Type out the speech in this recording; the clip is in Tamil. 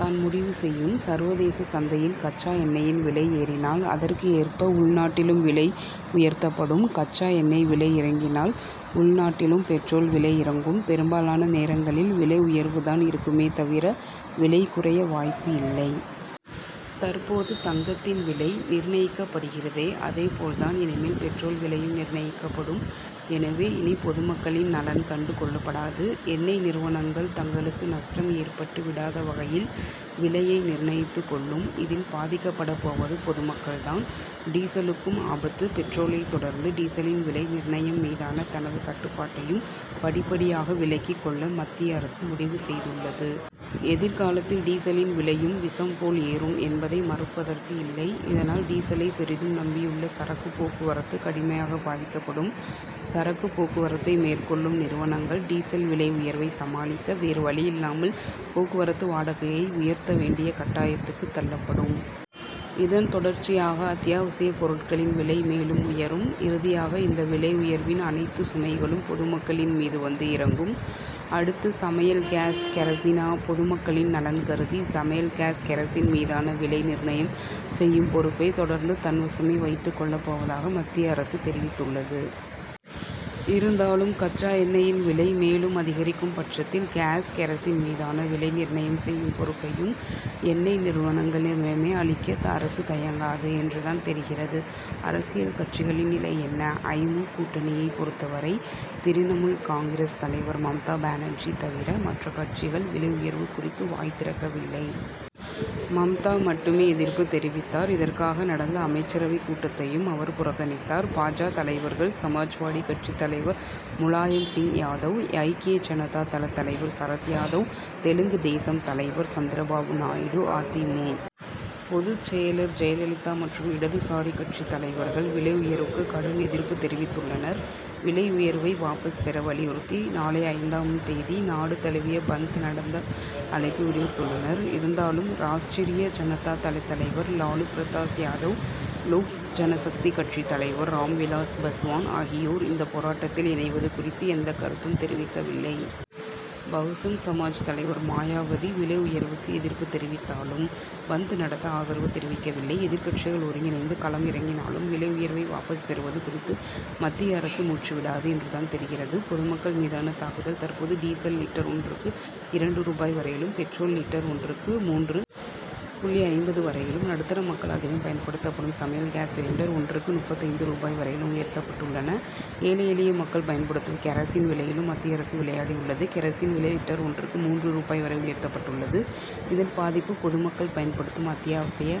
தான் முடிவு செய்யும். சர்வதேச சந்தையில் கச்சா எண்ணெயின் விலை ஏறினால், அதற்கு ஏற்ப உள்நாட்டிலும் விலை உயர்த்தப்படும். கச்சா எண்ணெய் விலை இறங்கினால், உள்நாட்டிலும் பெட்ரோல் விலை இறங்கும். பெரும்பாலான நேரங்களில் விலை உயர்வு தான் இருக்குமே தவிர, விலை குறைய வாய்ப்பு இல்லை. தற்போது தங்கத்தின் விலை நிர்ணயிக்கப்படுகிறதே, அதுபோல் தான் இனிமேல் பெட்ரோல் விலையும் நிர்ணயிக்கப்படும். எனவே, இனி பொதுமக்களின் நலன் கண்டு கொள்ளப்படாது. எண்ணெய் நிறுவனங்கள், தங்களுக்கு நஷ்டம் ஏற்பட்டு விடாத வகையில் விலையை நிர்ணயித்துக் கொள்ளும். இதில் பாதிக்கப்படப் போவது பொதுமக்கள் தான். டீசலுக்கும் ஆபத்து பெட்ரோலைத் தொடர்ந்து, டீசலின் விலை நிர்ணயம் மீதான தனது கட்டுப்பாட்டையும் படிப்படியாக விலக்கிக் கொள்ள மத்திய அரசு முடிவு செய்துள்ளது. எதிர்காலத்தில் டீசலின் விலையும் விஷம் போல் ஏறும் என்பதை மறுப்பதற்கு இல்லை. இதனால், டீசலை பெரிதும் நம்பியுள்ள சரக்கு போக்குவரத்து கடுமையாக பாதிக்கப்படும். சரக்கு போக்குவரத்தை மேற்கொள்ளும் நிறுவனங்கள், டீசல் விலை உயர்வை சமாளிக்க, வேறு வழியில்லாமல் போக்குவரத்து வாடகையை உயர்த்த வேண்டிய கட்டாயத்துக்கு தள்ளப்படும். இதன் தொடர்ச்சியாக அத்தியாவசியப் பொருட்களின் விலை மேலும் உயரும். இறுதியாக, இந்த விலை உயர்வின் அனைத்து சுமைகளும் பொதுமக்களின் மீது வந்து இறங்கும். அடுத்து சமையல் காஸ், கெரசினா? பொதுமக்களின் நலன் கருதி, சமையல் காஸ், கெரசின் மீதான விலை நிர்ணயம் செய்யும் பொறுப்பை, தொடர்ந்து தன்வசமே வைத்துக் கொள்ளப் போவதாக மத்திய அரசு தெரிவித்துள்ளது. இருந்தாலும், கச்சா எண்ணெயின் விலை மேலும் அதிகரிக்கும் பட்சத்தில் காஸ், கெரசின் மீதான விலை நிர்ணயம் செய்யும் பொறுப்பையும், எண்ணெய் நிறுவனங்களிடமே அளிக்க, அரசு தயங்காது என்று தான் தெரிகிறது. அரசியல் கட்சிகளின் நிலை என்ன? ஐ. மு., கூட்டணியை பொறுத்தவரை, திரிணமுல் காங்கிரஸ் தலைவர் மம்தா பானர்ஜி தவிர, மற்ற கட்சிகள் விலை உயர்வு குறித்து வாய் திறக்கவில்லை. மம்தா மட்டுமே எதிர்ப்பு தெரிவித்தார். இதற்காக நடந்த அமைச்சரவை கூட்டத்தையும் அவர் புறக்கணித்தார். பா. ஜ., தலைவர்கள், சமாஜ்வாடி கட்சி தலைவர் முலாயம் சிங் யாதவ், ஐக்கிய ஜனதா தள தலைவர் சரத் யாதவ், தெலுங்கு தேசம் தலைவர் சந்திரபாபு நாயுடு, அ. தி. மு. பொதுச் செயலர் ஜெயலலிதா மற்றும் இடதுசாரி கட்சி தலைவர்கள் விலை உயர்வுக்கு கடும் எதிர்ப்பு தெரிவித்துள்ளனர். விலை உயர்வை வாபஸ் பெற வலியுறுத்தி, நாளை ஐந்தாம் தேதி நாடு தழுவிய பந்த் நடத்த அழைப்பு விடுத்துள்ளனர். இருந்தாலும், ராஷ்டிரிய ஜனதா தள தலைவர் லாலு பிரசாத் யாதவ், லோக் ஜனசக்தி கட்சி தலைவர் ராம்விலாஸ் பஸ்வான் ஆகியோர் இந்த போராட்டத்தில் இணைவது குறித்து எந்த கருத்தும் தெரிவிக்கவில்லை. பகுஜன் சமாஜ் தலைவர் மாயாவதி, விலை உயர்வுக்கு எதிர்ப்பு தெரிவித்தாலும், பந்த் நடத்த ஆதரவு தெரிவிக்கவில்லை. எதிர்க்கட்சிகள் ஒருங்கிணைந்து களம் இறங்கினாலும், விலை உயர்வை வாபஸ் பெறுவது குறித்து, மத்திய அரசு மூச்சு விடாது என்று தான் தெரிகிறது. பொதுமக்கள் மீதான தாக்குதல் தற்போது டீசல் லிட்டர் ஒன்றுக்கு இரண்டு ரூபாய் வரையிலும், பெட்ரோல் லிட்டர் ஒன்றுக்கு மூன்று புள்ளி ஐம்பது வரையிலும், நடுத்தர மக்கள் அதிகம் பயன்படுத்தப்படும் சமையல் காஸ் சிலிண்டர் ஒன்றுக்கு முப்பத்தைந்து ரூபாய் வரையிலும் உயர்த்தப்பட்டுள்ளன. ஏழை, எளிய மக்கள் பயன்படுத்தும் கெரசின் விலையிலும் மத்திய அரசு விளையாடியுள்ளது. கெரசின் விலை லிட்டர் ஒன்றுக்கு மூன்று ரூபாய் வரை உயர்த்தப்பட்டுள்ளது. இதன்பாதிப்பு, பொதுமக்கள் பயன்படுத்தும் அத்தியாவசிய